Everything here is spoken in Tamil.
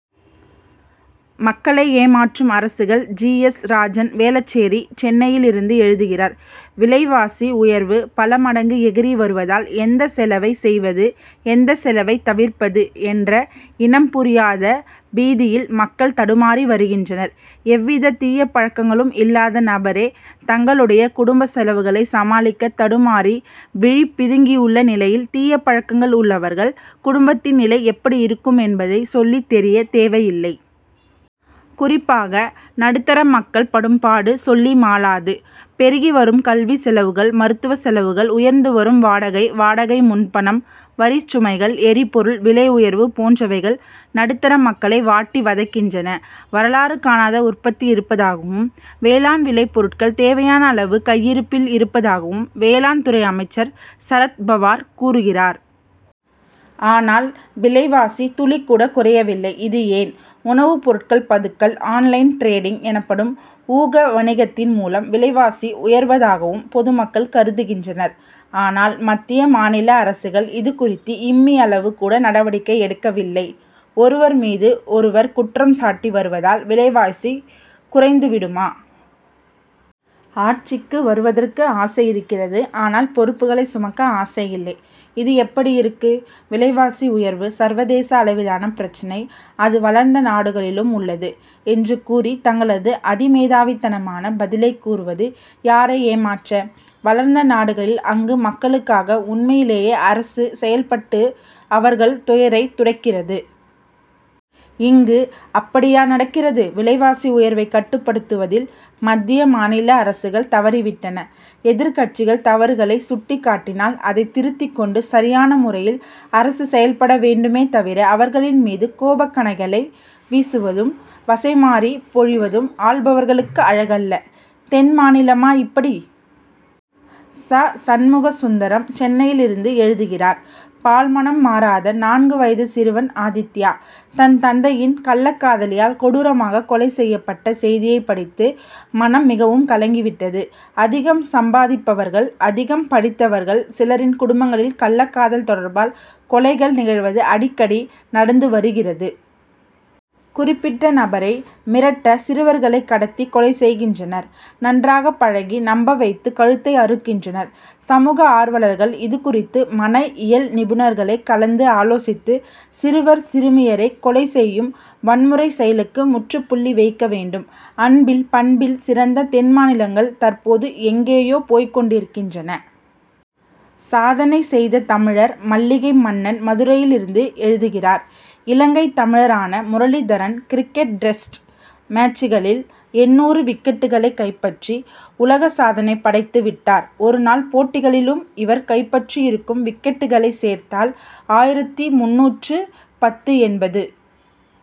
மக்களை ஏமாற்றும் அரசுகள்! ஜி. எஸ். ராஜன், வேளச்சேரி, சென்னையிலிருந்து எழுதுகிறார்: விலைவாசி உயர்வு பல மடங்கு எகிறி வருவதால், எந்தச் செலவை செய்வது, எந்தச் செலவைத் தவிர்ப்பது என்ற இனம் புரியாத பீதியில் மக்கள் தடுமாறி வருகின்றனர். எவ்வித தீய பழக்கங்களும் இல்லாத நபரே, தங்களுடைய குடும்பச் செலவுகளை சமாளிக்க தடுமாறி, விழி பிதுங்கியுள்ள நிலையில், தீயபழக்கங்கள் உள்ளவர்கள் குடும்பத்தின் நிலை எப்படி இருக்குமென்பதை சொல்லித் தெரிய தேவையில்லை. குறிப்பாக, நடுத்தர மக்கள் படும்பாடு சொல்லிமாளாது. பெருகி வரும் கல்விச் செலவுகள், மருத்துவச் செலவுகள், உயர்ந்து வரும் வாடகை, வாடகை முன்பணம், வரிச் சுமைகள், எரிபொருள் விலை உயர்வு போன்றவைகள், நடுத்தர மக்களை வாட்டி வதைக்கின்றன. வரலாறு காணாத உற்பத்தி இருப்பதாகவும், வேளாண் விளை பொருட்கள் தேவையான அளவு கையிருப்பில் இருப்பதாகவும், வேளாண் துறை அமைச்சர் சரத்பவார் கூறுகிறார். ஆனால், விலைவாசி துளிகூட குறையவில்லை. இது ஏன்? உணவுப் பொருட்கள் பதுக்கல், ஆன்-லைன் டிரேடிங் எனப்படும் ஊக வணிகத்தின் மூலம், விலைவாசி உயர்வதாகவும் பொதுமக்கள் கருதுகின்றனர். ஆனால், மத்திய, மாநில அரசுகள், இது குறித்து இம்மியளவு கூட நடவடிக்கை எடுக்கவில்லை. ஒருவர் மீது ஒருவர் குற்றம் சாட்டி வருவதால், விலைவாசி குறைந்து விடுமா? ஆட்சிக்கு வருவதற்கு ஆசை இருக்கிறது; ஆனால், பொறுப்புகளை சுமக்க ஆசை இல்லை. இது எப்படி இருக்கு? "விலைவாசி உயர்வு, சர்வதேச அளவிலான பிரச்னை. அது வளர்ந்த நாடுகளிலும் உள்ளது' என்று கூறி, தங்களது அதிமேதாவித்தனமான பதிலைக் கூறுவது, யாரை ஏமாற்ற? வளர்ந்த நாடுகளில், அங்கு மக்களுக்காக உண்மையிலேயே அரசு செயல்பட்டு, அவர்கள் துயரைத் துடைக்கிறது. இங்கு அப்படியா நடக்கிறது? விலைவாசி உயர்வைக் கட்டுப்படுத்துவதில், மத்திய, மாநில அரசுகள் தவறி விட்டன. எதிர்க்கட்சிகள் தவறுகளைச் சுட்டிக் காட்டினால், அதைத் திருத்திக் கொண்டு சரியான முறையில் அரசு செயல்பட வேண்டுமே தவிர, அவர்களின் மீது கோபக்கணைகளை வீசுவதும், வசைமாரி பொழிவதும், ஆள்பவர்களுக்கு அழகல்ல. தென் மாநிலமா இப்படி! ச. சண்முக சுந்தரம், சென்னையிலிருந்து எழுதுகிறார்: பால் மணம் மாறாத, நான்கு வயது சிறுவன் ஆதித்யா, தன் தந்தையின் கள்ளக் காதலியால் கொடூரமாக கொலை செய்யப்பட்ட செய்தியை படித்து, மனம் மிகவும் கலங்கி விட்டது. அதிகம் சம்பாதிப்பவர்கள், அதிகம் படித்தவர்கள் சிலரின் குடும்பங்களில், கள்ளக்காதல் தொடர்பால், கொலைகள் நிகழ்வது அடிக்கடி நடந்து வருகிறது. குறிப்பிட்ட நபரை மிரட்ட சிறுவர்களை கடத்தி கொலை செய்கின்றனர். நன்றாக பழகி, நம்ப வைத்து கழுத்தை அறுக்கின்றனர். சமூக ஆர்வலர்கள் இது குறித்து, மன இயல் நிபுணர்களை கலந்து ஆலோசித்து, சிறுவர், சிறுமியரை கொலை செய்யும் வன்முறை செயலுக்கு முற்றுப்புள்ளி வைக்க வேண்டும். அன்பில், பண்பில் சிறந்த தென் மாநிலங்கள், தற்போது எங்கேயோ போய்க் கொண்டிருக்கின்றன. சாதனை செய்த தமிழர்! மல்லிகை மன்னன், மதுரையிலிருந்து எழுதுகிறார்: இலங்கைத் தமிழரான முரளிதரன், கிரிக்கெட் டெஸ்ட் மேட்சுகளில் எண்ணூறு விக்கெட்டுகளைக் கைப்பற்றி, உலக சாதனை படைத்து விட்டார். ஒரு நாள் போட்டிகளிலும் இவர் கைப்பற்றியிருக்கும் விக்கெட்டுகளைச் சேர்த்தால், ஆயிரத்து முந்நூற்று பத்து என்பது